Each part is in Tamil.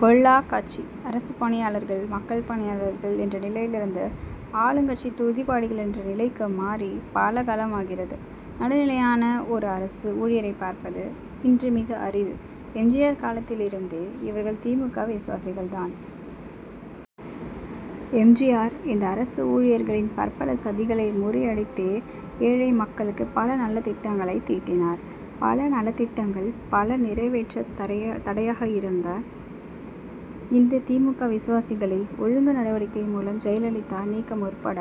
கொள்ளாக் காட்சி. அரசுப் பணியாளர்கள், மக்கள் பணியாளர்கள் என்ற நிலையிலிருந்து, ஆளுங்கட்சி துதிபாடிகள் என்ற நிலைக்கு மாறி, பல காலமாகிறது. நடுநிலையான ஓர் அரசு ஊழியரைப் பார்ப்பது, இன்று மிக அரிது. எம். ஜி. ஆர். காலத்திலிருந்தே, இவர்கள் தி. மு. க., விசுவாசிகள் தான். எம். ஜி. ஆர்.இந்த அரசு ஊழியர்களின் பற்பல சதிகளை முறியடித்தே, ஏழை மக்களுக்கு பல நல்ல திட்டங்களை தீட்டினார். மக்கள் நலத்திட்டங்கள் பல நிறைவேற்ற தடையாக இருந்த இந்த தி. மு. க. விசுவாசிகளை, ஒழுங்கு நடவடிக்கை மூலம் ஜெயலலிதா நீக்க முற்பட,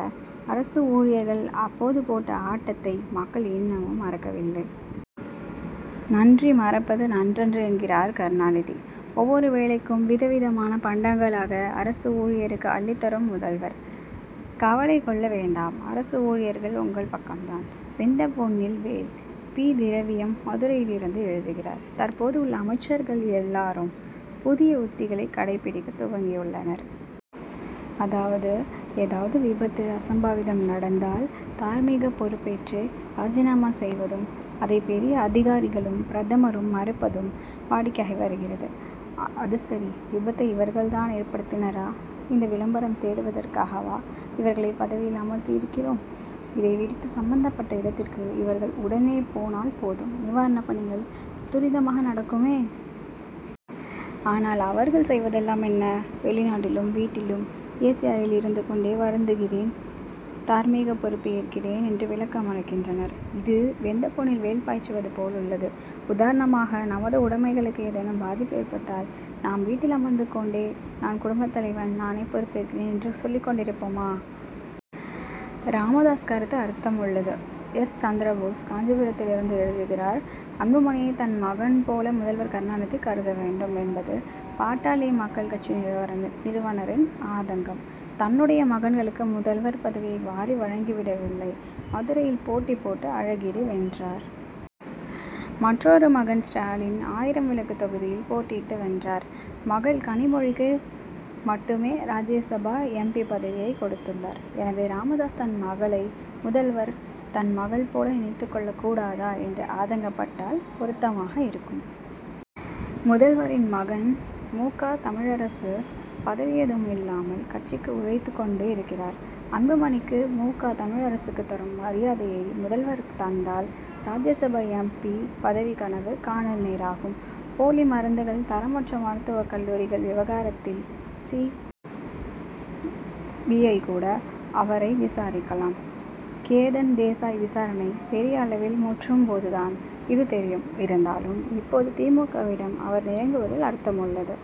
அரசு ஊழியர்கள் அப்போது போட்ட ஆட்டத்தை, மக்கள் இன்னமும் மறக்கவில்லை. நன்றி மறப்பது நன்றன்று' என்கிறார் கருணாநிதி. ஒவ்வொரு வேளைக்கும் விதவிதமான பண்டங்களாக அரசு ஊழியருக்கு அள்ளித் தரும் முதல்வர், கவலை கொள்ள வேண்டாம்அரசு ஊழியர்கள், உங்கள் பக்கம் தான். வெந்த புண்ணில் வேல்! பி. திரவியம், மதுரையிலிருந்து எழுதுகிறார் தற்போது உள்ள அமைச்சர்கள் எல்லாரும், புதிய உத்திகளை கடைபிடிக்கத் துவங்கியுள்ளனர். அதாவது, ஏதாவது விபத்து, அசம்பாவிதம் நடந்தால், தார்மீக பொறுப்பேற்று ராஜினாமா செய்வதும், அதை பெரிய அதிகாரிகளும், பிரதமரும் மறுப்பதும், வாடிக்கையாகி வருகிறது. அது சரிவிபத்தை இவர்கள் தான் ஏற்படுத்தினரா? இந்த விளம்பரம் தேடுவதற்காகவா, இவர்களை பதவியில் அமர்த்தியிருக்கிறோம். இதை விடுத்து, சம்பந்தப் பட்ட இடத்திற்கு இவர்கள் உடனே போனால் போதும்நிவாரணப் பணிகள் துரிதமாக நடக்குமே. ஆனால், அவர்கள் செய்வதெல்லாம் என்ன? வெளிநாட்டிலும், வீட்டிலும், ஏசி அறையில் இருந்து கொண் டே, வருந்துகிறேன்தார் மீக பொறுப்பு ஏற்கிறேன்' என்று விளக்கமளிக்கின்றனர். இது வெந்த புண்ணில் வேல் பாய்ச்சுவது போல் உள்ளது. உதாரணமாக, நமது உடைமைகளுக்கு ஏதேனும் பாதிப்பு ஏற்பட்டால், நாம் வீட்டில் அமர்ந்து கொண்டே, நான் குடும்பத் தலைவன்; நானே பொறுப்பு ஏற்கிறேன் என்று சொல்லிக் கொண்டிருப்போமா? ராமதாஸ் கருத்து அர்த்தமுள்ளது எஸ். சந்திரபோஸ், காஞ்சிபுரத்திலிருந்து எழுதுகிறார் அன்புமணியை தன் மகன் போல முதல்வர் கருணாநிதி கருத வேண்டும் என்பது, பாட்டாளி மக்கள் கட்சி நிறுவனரின் ஆதங்கம். தன்னுடைய மகன்களுக்கு முதல்வர், பதவியை வாரி வழங்கி விடவில்லை. மதுரையில் போட்டி போட்டு அழகிரி வென்றார். மற்றொரு மகன் ஸ்டாலின், ஆயிரம் விளக்கு தொகுதியில் போட்டியிட்டு வென்றார். மகள் கனிமொழிக்கு மட்டுமே ராஜ்யசபா எம். பி., பதவியை கொடுத் துள்ளார். எனவே, ராமதாஸ், தன் மகளை, முதல்வர் தன் மகள் போல நினைத்துக் கொள்ளக் கூடாதா என்று, ஆதங்கப் பட்டால் பொருத்தமாக இருக்கும். முதல்வரின் மகன் மு. க. தமிழரசு, பதவி ஏதும் இல்லாமல், கட்சிக்கு உழைத் துக் கொண்டு இருக்கிறார். அன்புமணிக்கு, மு. க. தமிழரசுக்கு தரும் மரியாதையை முதல்வர் தந்தால், ராஜ்யசபா எம். பி., பதவி கனவு, கானல் நீராகும். போலி மருந்துகள், தரமற்ற மருத்துவக் கல்லூரிகள் விவகாரத்தில், சி. பி. ஐ., கூட அவரை விசாரிக்கலாம். கேதன் தேசாய் விசாரணை பெரிய அளவில் முற்றும் போதுதான் இது தெரியும். இருந்தாலும், இப்போது தி. மு. க., விடம் அவர் நெருங் குவதில் அர்த்தமுள்ளது.